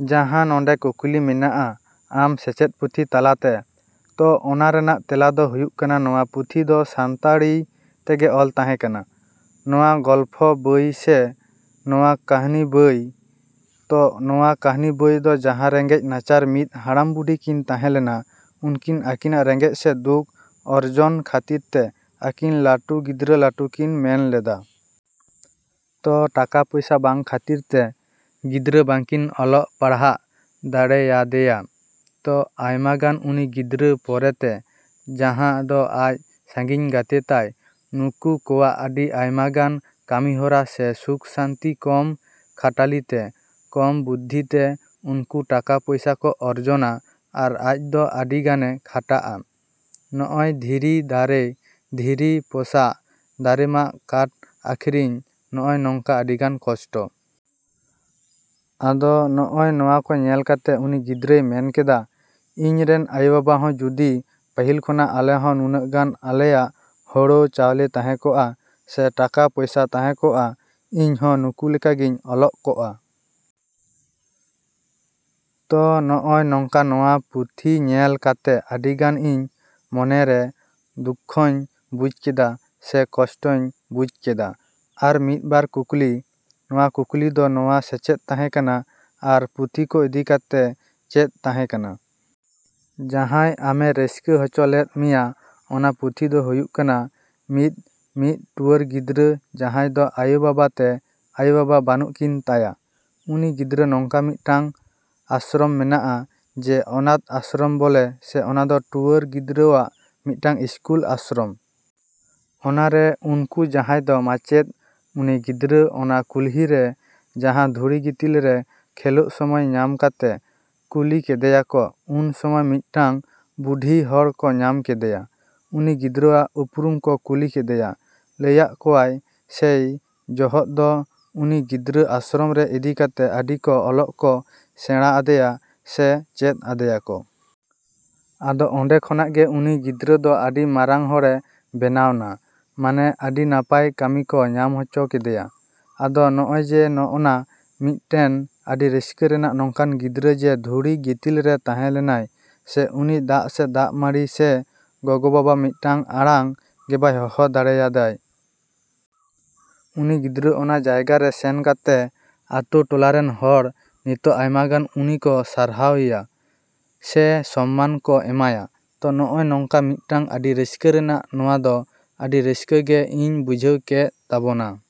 ᱡᱟᱦᱟᱸ ᱱᱚᱰᱮ ᱠᱩᱠᱞᱤ ᱢᱮᱱᱟᱜᱼᱟ ᱟᱢ ᱥᱮᱪᱮᱫ ᱯᱩᱛᱷᱤ ᱛᱟᱞᱟᱛᱮ, ᱛᱚ ᱚᱱᱟ ᱨᱮᱱᱟᱜ ᱛᱮᱞᱟ ᱫᱚ ᱦᱩᱭᱩᱜ ᱠᱟᱱᱟ ᱱᱚᱣᱟ ᱯᱩᱛᱷᱤ ᱫᱚ ᱥᱟᱱᱛᱟᱲᱤ ᱛᱮᱜᱮ ᱚᱞ ᱛᱟᱦᱮᱸ ᱠᱟᱱᱟ, ᱱᱚᱣᱟ ᱜᱚᱞᱯᱷᱚ ᱵᱳᱭ ᱥᱮ ᱱᱚᱣᱟ ᱠᱟᱹᱦᱱᱤ ᱵᱳᱭ᱾ ᱛᱚ ᱱᱚᱣᱟ ᱠᱟᱹᱦᱱᱤ ᱵᱳᱭ ᱫᱚ ᱡᱟᱦᱟᱸ ᱨᱮᱸᱜᱮᱡ ᱱᱟᱪᱟᱨ ᱢᱤᱫ ᱦᱟᱲᱟᱢ ᱵᱩᱰᱷᱤ ᱠᱤᱱ ᱛᱟᱦᱮᱸ ᱞᱮᱱᱟ, ᱩᱱᱠᱤᱱ ᱟᱹᱠᱤᱱᱟᱜ ᱨᱮᱸᱜᱮᱡ ᱥᱮ ᱫᱩᱠ ᱚᱨᱡᱚᱱ ᱠᱷᱟᱹᱛᱤᱨ ᱛᱮ ᱟᱹᱠᱤᱱ ᱞᱟᱹᱴᱩ ᱜᱤᱫᱽᱨᱟᱹ ᱞᱟᱹᱴᱩ ᱠᱤᱱ ᱢᱮᱱ ᱞᱮᱫᱟ᱾ ᱛᱚ ᱴᱟᱠᱟ ᱯᱚᱭᱥᱟ ᱵᱟᱝ ᱠᱷᱟᱹᱛᱤᱨ ᱛᱮ ᱜᱤᱫᱽᱨᱟᱹ ᱵᱟᱝᱠᱤᱱ ᱚᱞᱚᱜ ᱯᱟᱲᱦᱟᱜ ᱫᱟᱲᱮᱭᱟᱫᱮᱭᱟ᱾ ᱛᱚ ᱟᱭᱢᱟᱜᱟᱱ ᱩᱱᱤ ᱜᱤᱫᱽᱨᱟᱹ ᱯᱚᱨᱮᱛᱮ ᱡᱟᱦᱟᱸ ᱫᱚ ᱟᱡ ᱥᱟᱺᱜᱤᱧ ᱜᱟᱛᱮ ᱛᱟᱭ ᱱᱩᱠᱩ ᱠᱚᱣᱟᱜ ᱟᱹᱰᱤ ᱟᱭᱢᱟᱜᱟᱱ ᱠᱟᱹᱢᱤᱦᱚᱨᱟ ᱥᱮ ᱥᱩᱠ ᱥᱟᱱᱛᱤ ᱠᱚᱢ ᱠᱷᱟᱴᱟᱞᱤ ᱛᱮ, ᱠᱚᱢ ᱵᱩᱫᱽᱫᱷᱤᱛᱮ ᱩᱱᱠᱩ ᱴᱟᱠᱟ ᱯᱚᱭᱥᱟᱠᱚ ᱚᱨᱡᱚᱱᱟ ᱟᱨ ᱟᱡ ᱫᱚ ᱟᱹᱰᱤᱜᱟᱱᱮ ᱠᱷᱟᱴᱟᱜᱼᱟ, ᱱᱚᱜᱼᱚᱭ ᱫᱷᱤᱨᱤ ᱫᱟᱨᱮ, ᱫᱷᱤᱨᱤ ᱯᱚᱥᱟᱜ, ᱫᱟᱨᱮᱢᱟᱜ ᱠᱟᱴᱷ ᱟᱹᱠᱷᱨᱤᱧ, ᱱᱚᱜᱼᱚᱭ ᱱᱚᱝᱠᱟ ᱟᱹᱰᱤᱜᱟᱱ ᱠᱚᱥᱴᱚ᱾ ᱟᱫᱚ ᱱᱚᱜᱼᱚᱭ ᱱᱚᱣᱟ ᱠᱚ ᱧᱮᱞ ᱠᱟᱛᱮ ᱩᱱᱤ ᱜᱤᱫᱽᱨᱟᱹᱭ ᱢᱮᱱ ᱠᱮᱫᱟ, "ᱤᱧ ᱨᱮᱱ ᱟᱭᱳ-ᱵᱟᱵᱟ ᱦᱚᱸ ᱡᱩᱫᱤ ᱯᱟᱹᱦᱤᱞ ᱠᱷᱚᱱᱟᱜ ᱟᱞᱮ ᱦᱚᱸ ᱱᱩᱱᱟᱹᱜ ᱜᱟᱱ ᱟᱞᱮᱭᱟᱜ ᱦᱳᱲᱳ ᱪᱟᱣᱞᱮ ᱛᱟᱦᱮᱸ ᱠᱚᱜᱼᱟ ᱥᱮ ᱴᱟᱠᱟ ᱯᱚᱭᱥᱟ ᱛᱟᱦᱮᱸ ᱠᱚᱜᱼᱟ, ᱤᱧᱦᱚᱸ ᱱᱩᱠᱩ ᱞᱮᱠᱟ ᱜᱮᱧ ᱚᱞᱚᱜ ᱠᱚᱜᱼᱟ᱾" ᱛᱚ ᱱᱚᱜᱼᱚᱭ ᱱᱚᱝᱠᱟ ᱱᱚᱣᱟ ᱯᱩᱛᱷᱤᱧᱮᱞ ᱠᱟᱛᱮ ᱟᱹᱰᱤ ᱜᱟᱱ ᱤᱧ ᱢᱚᱱᱮᱨᱮ ᱫᱩᱠᱠᱷᱚᱧ ᱵᱩᱡᱽ ᱠᱮᱫᱟ ᱥᱮ ᱠᱚᱥᱴᱚᱧ ᱵᱩᱡᱽ ᱠᱮᱫᱟ᱾ ᱟᱨ ᱢᱤᱫ ᱵᱟᱨ ᱠᱩᱠᱞᱤ, ᱱᱚᱣᱟ ᱠᱩᱠᱞᱤ ᱫᱚ ᱱᱚᱣᱟ ᱥᱮᱪᱮᱫ ᱛᱟᱦᱮᱸ ᱠᱟᱱᱟ ᱟᱨ ᱯᱩᱛᱷᱤ ᱠᱚ ᱤᱫᱤ ᱠᱟᱛᱮ ᱪᱮᱫ ᱛᱟᱦᱮᱸ ᱠᱟᱱᱟ᱾ ᱡᱟᱦᱟᱸᱭ ᱟᱢᱮ ᱨᱟᱹᱥᱠᱟᱹ ᱦᱚᱪᱚ ᱞᱮᱫ ᱢᱮᱭᱟ ᱚᱱᱟ ᱯᱩᱛᱷᱤ ᱫᱚ ᱦᱩᱭᱩᱜ ᱠᱟᱱᱟ ᱢᱤᱫ ᱢᱤᱫ ᱴᱩᱣᱟᱹᱨ ᱜᱤᱫᱽᱨᱟᱹ ᱡᱟᱦᱟᱸᱭ ᱫᱚ ᱟᱭᱳ-ᱵᱟᱵᱟ ᱛᱮ ᱟᱭᱳ-ᱵᱟᱵᱟ ᱵᱟᱹᱱᱩᱜ ᱠᱤᱱ ᱛᱟᱭᱟ᱾ ᱩᱱᱤ ᱜᱤᱫᱽᱨᱟᱹ ᱱᱚᱝᱠᱟ ᱢᱤᱫᱴᱟᱝ ᱟᱥᱨᱚᱢ ᱢᱮᱱᱟᱜᱼᱟ, ᱡᱮ ᱚᱱᱟᱛᱷ ᱟᱥᱨᱚᱢ ᱵᱚᱞᱮ ᱥᱮ ᱚᱱᱟᱫᱚ ᱴᱩᱣᱟᱹᱨ ᱜᱤᱫᱽᱨᱟᱹᱣᱟᱜ ᱢᱤᱫᱴᱟᱝ ᱤᱥᱠᱩᱞ ᱟᱥᱨᱚᱢ᱾ ᱚᱱᱟᱨᱮ ᱩᱱᱠᱩ ᱡᱟᱦᱟᱭ ᱫᱚ ᱢᱟᱪᱮᱫ ᱩᱱᱤ ᱜᱤᱫᱽᱨᱟᱹ ᱚᱱᱟ ᱠᱩᱞᱦᱤ ᱨᱮ ᱡᱟᱦᱟᱸ ᱫᱷᱩᱲᱤ ᱜᱤᱛᱤᱞ ᱨᱮ ᱠᱷᱮᱞᱳᱜ ᱥᱚᱢᱚᱭ ᱧᱟᱢ ᱠᱟᱛᱮ ᱠᱩᱞᱤ ᱠᱮᱫᱮᱭᱟᱠᱚ, ᱩᱱ ᱥᱚᱢᱚᱭ ᱢᱤᱫᱴᱟᱝ ᱵᱩᱰᱷᱤ ᱦᱚᱲ ᱠᱚ ᱧᱟᱢ ᱠᱮᱫᱮᱭᱟ᱾ ᱩᱱᱤ ᱜᱤᱫᱽᱨᱟᱹᱣᱟᱜ ᱩᱯᱨᱩᱢ ᱠᱚ ᱠᱩᱞᱤ ᱠᱮᱫᱮᱭᱟ, ᱞᱟᱹᱭᱟᱜ ᱠᱚᱣᱟᱭ ᱥᱮᱭ ᱡᱚᱦᱚᱜ ᱫᱚ ᱩᱱᱤ ᱜᱤᱫᱽᱨᱟᱹ ᱟᱥᱨᱚᱢ ᱨᱮ ᱤᱫᱤ ᱠᱟᱛᱮ ᱟᱹᱰᱤ ᱠᱚ ᱚᱞᱚᱜ ᱠᱚ ᱥᱮᱬᱟ ᱟᱫᱮᱭᱟ ᱥᱮ ᱪᱮᱫ ᱟᱫᱮᱭᱟᱠᱚ᱾ ᱟᱫᱚ ᱚᱸᱰᱮ ᱠᱷᱚᱱᱟᱜ ᱜᱮ ᱩᱱᱤ ᱜᱤᱫᱽᱨᱟᱹ ᱫᱚ ᱟᱹᱰᱤ ᱢᱟᱨᱟᱝ ᱦᱚᱲᱮ ᱵᱮᱱᱟᱣᱱᱟ, ᱢᱟᱱᱮ ᱟᱹᱰᱤ ᱱᱟᱯᱟᱭ ᱠᱟᱹᱢᱤ ᱠᱚ ᱧᱟᱢ ᱦᱚᱪᱚ ᱠᱮᱫᱮᱭᱟ᱾ ᱟᱫᱚ ᱱᱚᱜᱼᱚᱭ ᱡᱮ ᱱᱚᱜᱼᱚᱱᱟ ᱢᱤᱫᱴᱮᱱ ᱟᱹᱰᱤ ᱨᱟᱹᱥᱠᱟᱹ ᱨᱮᱱᱟᱜ ᱱᱚᱝᱠᱟᱱ ᱜᱤᱫᱽᱨᱟᱹ ᱡᱮ ᱫᱷᱩᱲᱤ ᱜᱤᱛᱤᱞ ᱨᱮ ᱛᱟᱦᱮᱸ ᱞᱮᱱᱟᱭ ᱥᱮ ᱩᱱᱤ ᱫᱟᱜ ᱥᱮ ᱫᱟᱜ ᱢᱟᱹᱲᱤ ᱥᱮ ᱜᱚᱜᱚᱼᱵᱟᱵᱟ ᱢᱤᱫᱴᱟᱝ ᱟᱲᱟᱝ ᱜᱮᱵᱟᱭ ᱦᱚᱦᱚ ᱫᱟᱲᱮᱭᱟᱫᱟᱭ᱾ ᱩᱱᱤ ᱜᱤᱫᱽᱨᱟᱹ ᱚᱱᱟ ᱡᱟᱭᱜᱟᱨᱮ ᱥᱮᱱ ᱠᱟᱛᱮ ᱟᱛᱳ ᱴᱚᱞᱟ ᱨᱮᱱ ᱦᱚᱲ ᱱᱤᱛᱚᱜ ᱟᱭᱢᱟ ᱜᱟᱱ ᱩᱱᱤ ᱠᱚ ᱥᱟᱨᱦᱟᱣᱭᱟ ᱥᱮ ᱥᱚᱱᱢᱟᱱ ᱠᱚ ᱮᱢᱟᱭᱟ᱾ ᱛᱚ ᱱᱚᱜᱼᱚᱭ ᱱᱚᱝᱠᱟ ᱢᱤᱫᱴᱟᱝ ᱟᱹᱰᱤ ᱨᱟᱹᱥᱠᱟᱹ ᱨᱮᱱᱟᱜ ᱱᱚᱣᱟᱫᱚ ᱟᱹᱰᱤ ᱨᱟᱹᱥᱠᱟᱹ ᱜᱮ ᱤᱧ ᱵᱩᱡᱷᱟᱹᱣ ᱠᱮᱜ ᱛᱟᱵᱳᱱᱟ᱾